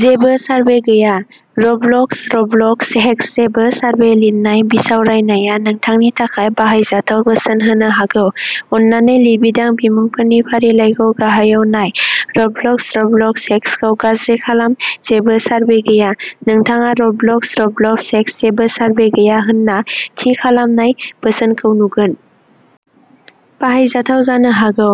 जेबो सारभे गैया। रबलक्स रबलक्स हेक्स जेबो सारभे लिरनाय बिसावरायनाया नोंथांनि थाखाय बाहायजाथाव बोसोन होनो हागौ। अन्नानै लिरबिदां बिमुंफोरनि फारिलाइखौ गाहायाव नाय, रबलक्स रबलक्स हेक्सखौ गाज्रि खालाम जेबो सारभे गैया। नोंथाङा रबलक्स रबलक्स हेक्स जेबो सारभे गैया होन्ना थि खालामनाय बोसोनखौ नुगोन। बाहायजाथाव जानो हागौ।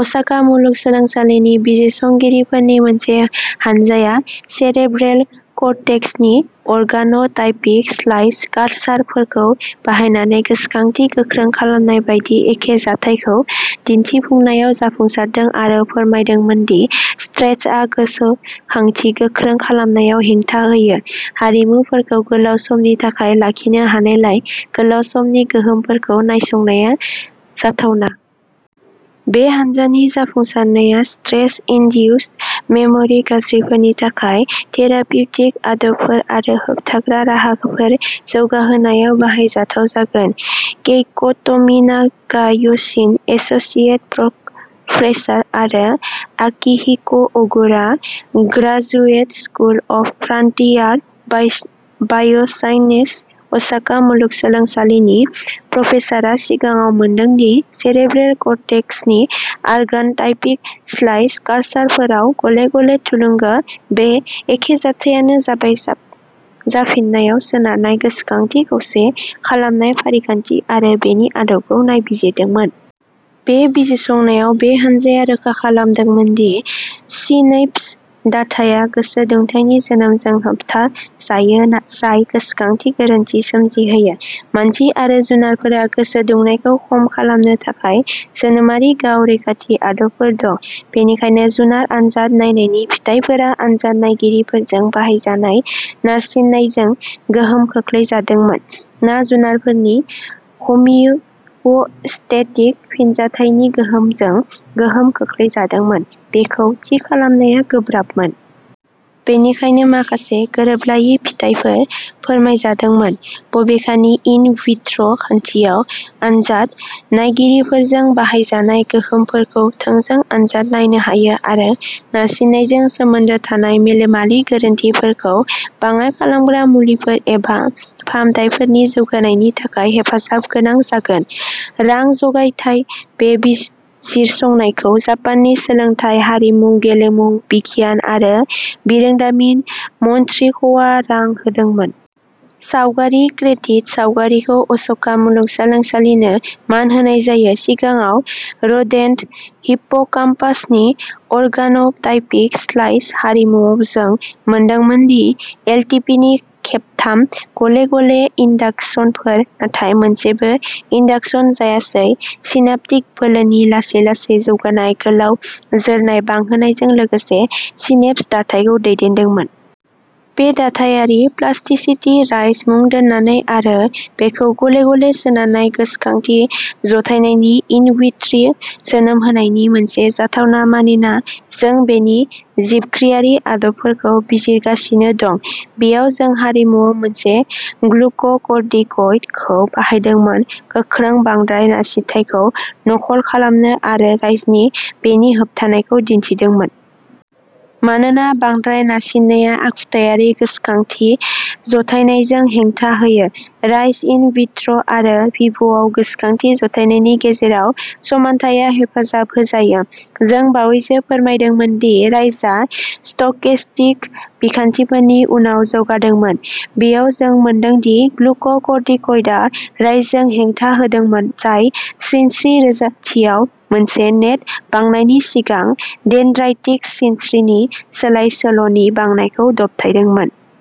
असाका मुलुगसोलोंसालिनि बिजिरसंगिरिफोरनि मोनसे हानजाया सेरेब्रेल कर्टेक्सनि अर्गान' टाइपिक स्लाइस कालसारफोरखौ बाहायनानै गोसोखांथि गोख्रों खालामनाय बायदि एखे जाथायखौ दिहुनफिननायाव जाफुंसारदों आरो फोरमायदोंमोन दि स्ट्रेसआ गोसोखांथि गोख्रों खालामनायाव हेंथा होयो। हारिमुफोरखौ गोलाव समनि थाखाय लाखिनो हानायलाय, गोलाव समनि गोहोमफोरखौ नायसंनाया जाथावना। बे हान्जानि जाफुंसारनाया स्ट्रेस इनडिउस्ड मेम'रि गाज्रिफोरनि थाखाय थेरापिउटिक आदबफोर आरो होबथाग्रा राहाफोर जौगाहोनायाव बाहायजाथाव जागोन। केइक'ट'मिनागा य'शिन', एस'सिएट प्रफेसार आरो Akihiko Ogura, graduate school of frontier biosciences, Osaka मुलुगसोलोंसालिनि प्रफेसारआ सिगाङाव मोनदों दि सेरेब्रेल कर्टेक्सनि अर्गान'टाइपिक स्लाइस कालसारफोराव गले गले थुलुंग बे एखे जाथायानो जाबाय जाफिननायाव सोनारनाय गोसोखांथि खौसे खालामनाय फारिखान्थि आरो बेनि आदबखौ नायबिजिरदोंमोन। बे बिजिरसंनायाव बे हान्जाया रोखा खालामदोंमोन दि सिनैप्स दाथाया गोसो दुंथायनि जोनोमजों होबथाजायो, जाय गोसोखांथि गोरोन्थि सोमजिहोयो। मानसि आरो जुनारफोरहा गोसो दुंनायखौ खम खालामनो थाखाय जोनोमारि गाव रैखाथि आदबफोर दं। बेनिखायनो जुनार आनजाद नायनायनि फिथाइफोरा आनजाद नायगिरिफोरजों बाहायजानाय नारसिननायजों गोहोम खोख्लैजादोंमोन ना जुनारफोरनि हमिअस्टेटिक फिनजाथायनि गोहोमजों गोहोम खोख्लैजादोंमोन बेखौ थि खालामनाया गोब्राबमोन। बेनिखायनो, माखासे गोरोबलायै फिथायफोर फोरमायजादोंमोन। बबेखानि, इन विट्रो खान्थियाव, आनजाद नायगिरिफोरजों बाहायजानाय गोहोमफोरखौ थोंजों आनजाद नायनो हायो आरो नारसिननायजों सोमोन्दो थानाय मेलेमारि गोरोन्थिफोरखौ बाङाइ खालामग्रा मुलिफोर एबा फाहामथायफोरनि जौगानायनि थाखाय हेफाजाबगोनां जागोन। रां जगायथाय बे बिजिरसंनायखौ जापाननि सोलोंथाय, हारिमु, गेलेमु, बिगियान आरो बिरोंदामिन मन्थ्रिख'आ रां होदोंमोन। सावगारि क्रेदिट, सावगारिखौ असाका मुलुगसोलोंसालिनो मान होनाय जायो। सिगाङाव, रोदेन्ट हिप्पोकाम्पासनि अर्गान'टाइपिक स्लाइस हारिमुआव जों मोनदोंमोन दि एलटिपिनि खेबथाम गले गले इन्डाकसनफोर, नाथाय मोनसेबो इन्डाकसन जायासै, सिनाप्टिक बोलोनि लासै लासै जौगानाय गोलाव जोरनाय बांहोनायजों लोगोसे सिनेप्स दाथायखौ दैदेनदोंमोन। बे दाथायारि प्लास्टिसिटि राइज मुं दोननानै आरो बेखौ गले गले सोनारनाय गोसोखांथि जथायनायनि इनविट्र' जोनोम होनायनि मोनसे जाथावना मानिना, जों बेनि जिबख्रिआरि आदबफोरखौ बिजिरगासिनो दं। बेयाव, जों हारिमुआव मोनसे ग्लुक' कर्टिकइडखौ बाहायदोंमोन गोख्रों बांद्राय नारसिनथायखौ नखल खालामनो आरो राइजनि बेनि होबथानायखौ दिन्थिदोंमोन। मानोना बांद्राय नारसिननाया आखुथायारि गोसोखांथि जथायनायजों हेंथा होयो, राइज इन विट्र' आरो भिभ'आव गोसोखांथि जथायनायनि गेजेराव समानथायआ हेफाजाब होजायो। जों बावैसो फोरमायदोंमोन दि राइजआ स्टकेस्टिक बिखान्थिफोरनि उनाव जौगादोंमोन। बेयाव जों मोनदों दि ग्लुक' कर्टिकइडआ राइजजों हेंथा होदोंमोन, जाय सिनस्रि रोजाथियाव मोनसे नेट बांनायनि सिगां डेनड्राइटिक सिनस्रिनि सोलाय सोल'नि बांनायखौ दबथायदोंमोन।